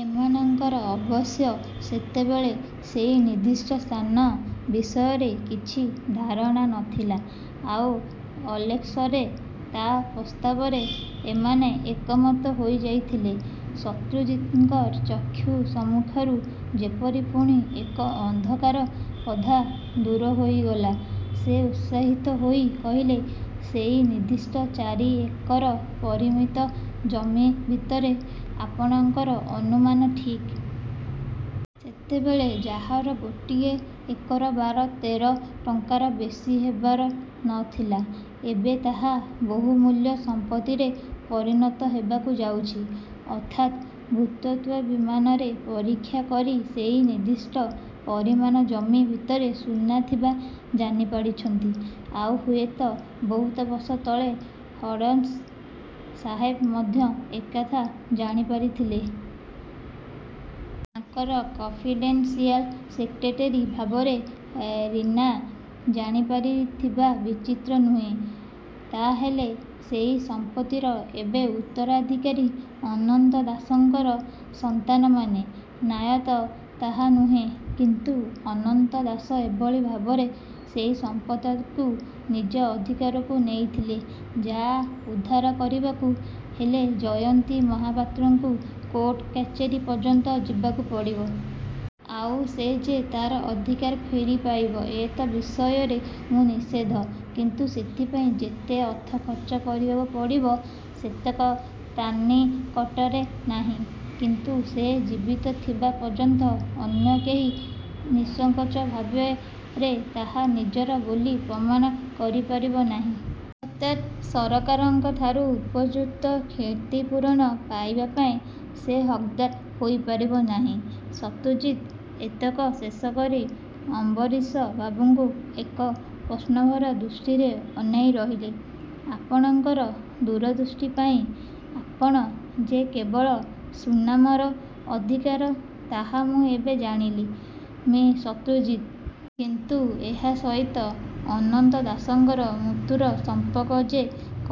ଏମାନଙ୍କର ଅବଶ୍ୟ ସେତେବେଳେ ସେଇ ନିର୍ଦ୍ଦିଷ୍ଟ ସ୍ଥାନ ବିଷୟରେ କିଛି ଧାରଣା ନ ଥିଲା। ଆଉ ଅକ୍ଲେଶରେ ତା' ପ୍ରସ୍ତାବରେ ଏମାନେ ଏକମତ ହୋଇଯାଇଥିଲେ। ' ଶତ୍ରୁଜିତଙ୍କ ଚକ୍ଷୁ ସମ୍ମୁଖରୁ ଯେପରି ପୁଣି ଏକ ଅନ୍ଧକାର ପର୍ଦ୍ଦା ଦୂର ହୋଇଗଲା। ସେ ଉତ୍ସାହିତ ହୋଇ କହିଲେ, 'ସେଇ ନିର୍ଦ୍ଦିଷ୍ଟ ଚାରି ଏକର ପରିମିତ ଜମି ଭିତରେ' 'ଆପଣଙ୍କର ଅନୁମାନ ଠିକ୍। ସେତେବେଳେ ଯାହାର ଗୋଟିଏ ଏକର ବାର ତେର ଟଙ୍କାର ବେଶୀ ହେବାର ନ ଥିଲା, ଏବେ ତାହା ବହୁମୂଲ୍ୟ ସମ୍ପତ୍ତିରେ ପରିଣତ ହେବାକୁ ଯାଉଛି। ଅର୍ଥାତ ଭୂତତ୍ତ୍ୱବିତ୍ମାନେ ପରୀକ୍ଷା କରି ସେଇ ନିର୍ଦ୍ଦଷ୍ଟ ପରିମାଣ ଜମି ଭିତରେ ସୁନା ଥିବା ଜାଣିପାରିଛନ୍ତି। ଆଉ ହୁଏତ ବହୁତ ବର୍ଷ ତଳେ ହଡ୍ସନ ସାହେବ ମଧ୍ୟ ଏକଥା ଜାଣିପାରିଥିଲେ। ତାଙ୍କର କନ୍ଫିଡେନସିଆଲ ସେକ୍ରେଟେରୀ ଭାବରେ ରୀନା ଜାଣିପାରିଥିବା ବିଚିତ୍ର ନୁହେଁ। ' 'ତା' ହେଲେ ସେଇ ସମ୍ପତ୍ତିର ଏବେ ଉତ୍ତରାଧିକାରୀ ଅନନ୍ତ ଦାସଙ୍କର ସନ୍ତାନମାନେ? ' 'ନ୍ୟାୟତଃ ତାହା ନୁହେଁ। କିନ୍ତୁ ଅନନ୍ତ ଦାସ ଏଭଳି ଭାବରେ ସେଇ ସମ୍ପତ୍ତିତକ ନିଜ ଅଧିକାରକୁ ନେଇଥିଲେ, ଯାହା ଉଦ୍ଧାର କରିବାକୁ ହେଲେ ଜୟନ୍ତୀ ମହାପାତ୍ରକୁ କୋର୍ଟ କଚେରୀ ପର୍ଯ୍ୟନ୍ତ ଯିବାକୁ ପଡ଼ିବ। ଆଉ ସେ ଯେ ତା'ର ଅଧିକାର ଫେରିପାଇବ ଏ ବିଷୟରେ ମୁଁ ନିଃସନ୍ଦେହ। କିନ୍ତୁ ସେଥିପାଇଁ ଯେତେ ଅର୍ଥ ଖର୍ଚ୍ଚ କରିବାକୁ ପଡ଼ିବ, ସେତକ ତାନିକଟରେ ନାହିଁ। ' 'କିନ୍ତୁ ସେ ଜୀବିତ ଥିବା ପର୍ଯ୍ୟନ୍ତ ଅନ୍ୟ କେହି ନିଃସଙ୍କୋଚ ଭାବରେ ତାହା ନିଜର ବୋଲି ପ୍ରମାଣ କରିପାରିବ ନାହିଁ। ଅର୍ଥାତ୍ ସରକାରଙ୍କଠାରୁ ଉପଯୁକ୍ତ କ୍ଷତିପୂରଣ ପାଇବାପାଇଁ ସେ ହକ୍ଦାର ହୋଇପାରିବ ନାହିଁ? ' ଶତ୍ରୁଜିତ ଏତକ ଶେଷ କରି ଅମ୍ବରୀଶ ବାବୁଙ୍କୁ ଏକ ପ୍ରଶ୍ନଭରା ଦୃଷ୍ଟିରେ ଅନାଇ ରହିଲେ। 'ଆପଣଙ୍କର ଦୂରଦୃଷ୍ଟି ପାଇଁ ଆପଣ ଯେ କେବଳ ସୁନାମର ଅଧିକାର, ତାହା ମୁଁ ଏବେ ଜାଣିଲି, ମି: ଶତ୍ରୁଜତି! କିନ୍ତୁ ଏହା ସହିତ ଅନନ୍ତ ଦାସଙ୍କର ମୃତ୍ୟୁର ସମ୍ପର୍କ ଯେ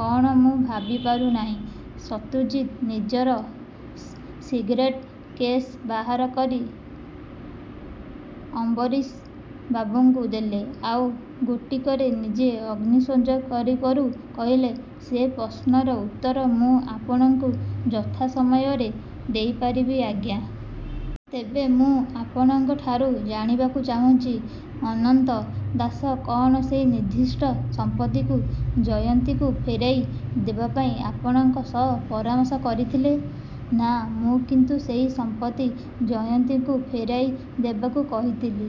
କ'ଣ ମୁଁ ଭାବିପାରୁନାହିଁ। ' ଶତ୍ରୁଜିତ ନିଜର ସିଗାରେଟ କେସ୍। ବାହାର କରି ଅମ୍ବରୀଶ ବାବୁଙ୍କୁ ଦେଲେ। ଆଉ ଗୋଟିକରେ ନିଜେ ଅଗ୍ନିସଂଯୋଗ କରୁ କରୁ କହିଲେ, 'ସେ ପ୍ରଶ୍ନର ଉତ୍ତର ମୁଁ ଆପଣଙ୍କୁ ଯଥାସମୟରେ ଦେଇପାରିବି, ଆଜ୍ଞା! ତେବେ ମୁଁ ଆପଣଙ୍କଠାରୁ ଜାଣିବାକୁ ଚାହୁଁଛି, ଅନନ୍ତ ଦାସ କ'ଣ ସେଇ ନିର୍ଦ୍ଦିଷ୍ଟ ସମ୍ପତ୍ତିକୁ ଜୟନ୍ତୀକୁ ଫେରାଇ ଦେବାପାଇଁ ଆପଣଙ୍କ ସହ ପରାମର୍ଶ କରିଥିଲେ-? ' 'ନା। ମୁଁ କିନ୍ତୁ ସେଇ ସମ୍ପତ୍ତି ଜୟନ୍ତୀକୁ ଫେରାଇ ଦେବାକୁ କହିଥିଲି।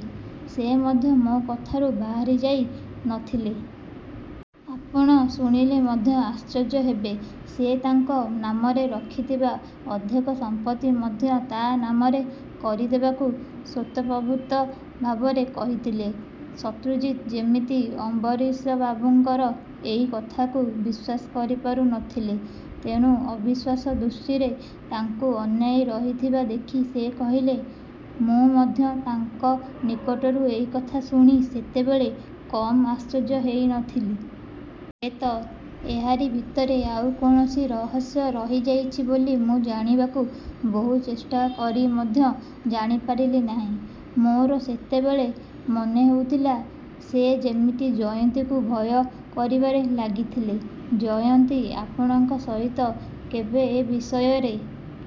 ସେ ମଧ୍ୟ ମୋ କଥାରୁ ବାହାରିଯାଇ ନ ଥିଲେ। ଆପଣ ଶୁଣିଲେ ମଧ୍ୟ ଆଶ୍ଚର୍ଯ୍ୟ ହେବେ, ସେ ତାଙ୍କ ନାମରେ ରଖିଥିବା ଅର୍ଦ୍ଧେକ ସମ୍ପତ୍ତି ମଧ୍ୟ ତା' ନାମରେ କରିଦେବାକୁ ସ୍ୱତଃପ୍ରବୃତ୍ତ ଭାବରେ କହିଥିଲେ। ' ଶତ୍ରୁଜିତ ଯେମିତି ଅମ୍ବରୀଶବାବୁଙ୍କର ଏଇ କଥାକୁ ବିଶ୍ୱାସ କରିପାରୁ ନ ଥିଲେ। ତେଣୁ ଅବିଶ୍ୱାସ୍ୟ ଦୃଷ୍ଟିରେ ତାଙ୍କୁ ଅନାଇ ରହିଥିବା ଦେଖି ସେ କହିଲେ, 'ମୁଁ ମଧ୍ୟ ତାଙ୍କ ନିକଟରୁ ଏଇ କଥା ଶୁଣି ସେତେବେଳେ କମ୍ ଆଶ୍ଚର୍ଯ୍ୟ ହେଇ ନ ଥିଲି। ହୁଏତ ଏହାରି ଭିତରେ ଆଉ କୌଣସି ରହସ୍ୟ ରହିଯାଇଛି ବୋଲି ମୁଁ ଜାଣିବାକୁ ବହୁ ଚେଷ୍ଟା କରି ମଧ୍ୟ ଜାଣିପାରିଲି ନାହିଁ। ମୋର ସେତେବେଳେ ମନେହେଉଥିଲା, ସେ ଯେମିତି ଜୟନ୍ତୀକୁ ଭୟ କରିବାରେ ଲାଗିଥିଲେ। ' 'ଜୟନ୍ତୀ ଆପଣଙ୍କ ସହିତ କେବେ ଏ ବିଷୟରେ